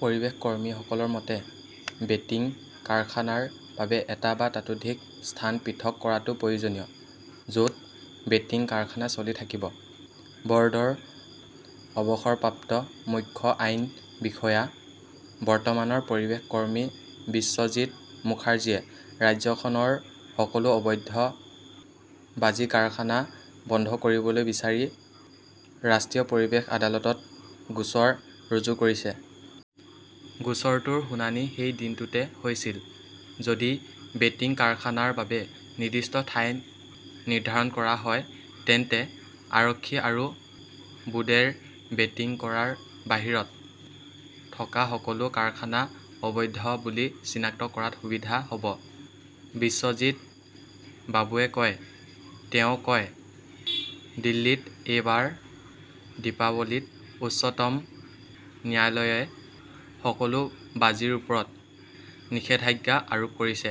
পৰিৱেশ কৰ্মীসকলৰ মতে, বেটিং কাৰখানাৰ বাবে এটা বা ততোধিক স্থান পৃথক কৰাটো প্ৰয়োজনীয়। য 'ত বেটিং কাৰখানা চলি থাকিব। বৰ্ডৰ অৱসৰপ্ৰাপ্ত মুখ্য আইন বিষয়া, বৰ্তমানৰ পৰিৱেশ কৰ্মী বিশ্বজিত মুখাৰ্জীয়ে ৰাজ্যখনৰ সকলো অবৈধ বাজি কাৰখানা বন্ধ কৰিবলৈ বিচাৰি ৰাষ্ট্ৰীয় পৰিৱেশ আদালতত গোচৰ ৰুজু কৰিছে। গোচৰটোৰ শুনানি এই দিনটোতে হৈছিল। যদি বেটিং কাৰখানাৰ বাবে নিৰ্দিষ্ট ঠাই নিৰ্ধাৰণ কৰা হয়, তেন্তে আৰক্ষী আৰু বোৰ্ডে বেটিং কৰাৰ বাহিৰত থকা সকলো কাৰখানা অবৈধ বুলি চিনাক্ত কৰাত সুবিধা হব, বিশ্বজিত বাবুৱে কয়, তেওঁ কয়, দিল্লীত এইবাৰ দীপাৱলীত উচ্চতম ন্যায়ালয়ে সকলো বাজিৰ ওপৰত নিষেধাজ্ঞা আৰোপ কৰিছে।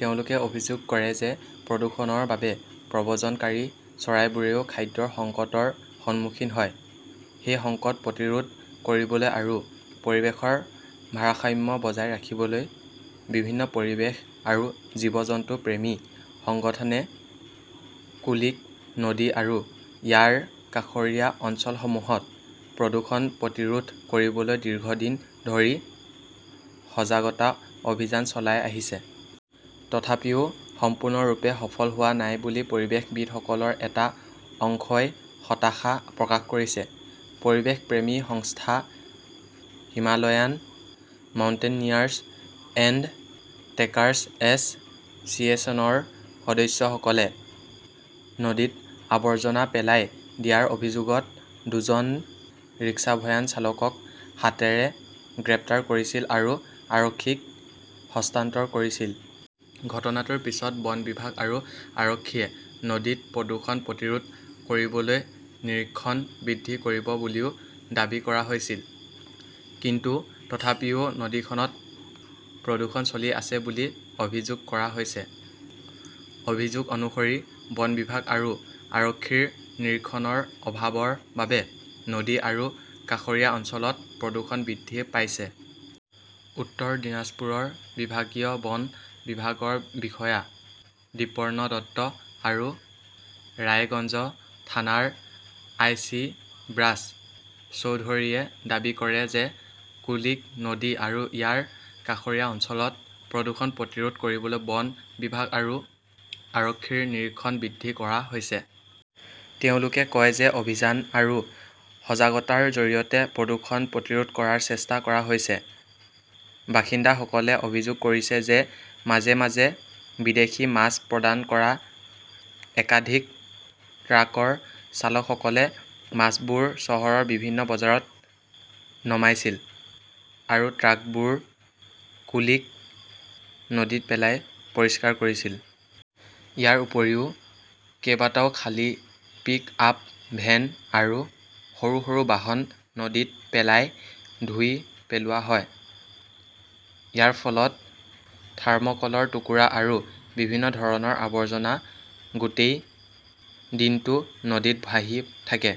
তেওঁলোকে অভিযোগ কৰে যে প্ৰদূষণৰ বাবে প্ৰব্ৰজনকাৰী চৰাইবোৰেও খাদ্যৰ সংকটৰ সন্মুখীন হয়। সেই সংকট প্ৰতিৰোধ কৰিবলৈ আৰু পৰিৱেশৰ ভাৰসাম্য বজাই ৰাখিবলৈ, বিভিন্ন পৰিৱেশ আৰু জীৱ-জন্তু প্ৰেমী সংগঠনে কুলিক নদী আৰু ইয়াৰ কাষৰীয়া অঞ্চলসমূহত প্ৰদূষণ প্ৰতিৰোধ কৰিবলৈ দীৰ্ঘদিন ধৰি সজাগতা অভিযান চলাই আহিছে। তথাপিও সম্পূৰ্ণৰূপে সফল হোৱা নাই বুলি পৰিৱেশবিদসকলৰ এটা অংশই হতাশা প্ৰকাশ কৰিছে। পৰিৱেশপ্ৰেমী সংস্থা হিমালয়ান মাউণ্টেনিয়াৰ্ছ এণ্ড ট্ৰেকাৰ্ছ এছ চিয়েশ্যনৰ সদস্যসকলে নদীত আৱৰ্জনা পেলাই দিয়াৰ অভিযোগত দুজন ৰিক্সাভ্যান চালকক হাতেৰে গ্ৰেপ্তাৰ কৰিছিল আৰু আৰক্ষীক হস্তান্তৰ কৰিছিল। ঘটনাটোৰ পিছত বন বিভাগ আৰু আৰক্ষীয়ে নদীত প্ৰদূষণ প্ৰতিৰোধ কৰিবলৈ নিৰীক্ষণ বৃদ্ধি কৰিব বুলিও দাবী কৰা হৈছিল। কিন্তু তথাপিও নদীখনত প্ৰদূষণ চলি আছে বুলি অভিযোগ কৰা হৈছে। অভিযোগ অনুসৰি বন বিভাগ আৰু আৰক্ষীৰ নিৰীক্ষণৰ অভাৱৰ বাবে নদী আৰু কাষৰীয়া অঞ্চলত প্ৰদূষণ বৃদ্ধি পাইছে। উত্তৰ দিনাজপুৰৰ বিভাগীয় বন বিভাগৰ বিষয়া দ্বিপৰ্ণ দত্ত আৰু ৰায়গঞ্জ থানাৰ আই. চি. ব্ৰাছ চৌধুৰীয়ে দাবী কৰে যে কুলিক নদী আৰু ইয়াৰ কাষৰীয়া অঞ্চলত প্ৰদূষণ প্ৰতিৰোধ কৰিবলৈ বন বিভাগ আৰু আৰক্ষীৰ নিৰীক্ষণ বৃদ্ধি কৰা হৈছে। তেওঁলোকে কয় যে অভিযান আৰু সজাগতাৰ জৰিয়তে প্ৰদূষণ প্ৰতিৰোধ কৰাৰ চেষ্টা কৰা হৈছে। বাসিন্দাসকলে অভিযোগ কৰিছে যে মাজে-মাজে বিদেশী মাছ প্ৰদান কৰা একাধিক ট্ৰাকৰ চালকসকলে মাছবোৰ চহৰৰ বিভিন্ন বজাৰত নামাইছিল আৰু ট্ৰাকবোৰ কুলিক নদীত পেলাই পৰিষ্কাৰ কৰিছিল। ইয়াৰ উপৰিও, কেইবাটাও খালী পিকআপ ভেন আৰু সৰু-সৰু বাহন নদীত পেলাই ধুই পেলোৱা হয়। ইয়াৰ ফলত থাৰ্মকলৰ টুকুৰা আৰু বিভিন্ন ধৰণৰ আৱৰ্জনা গোটেই দিনটো নদীত ভাহি থাকে।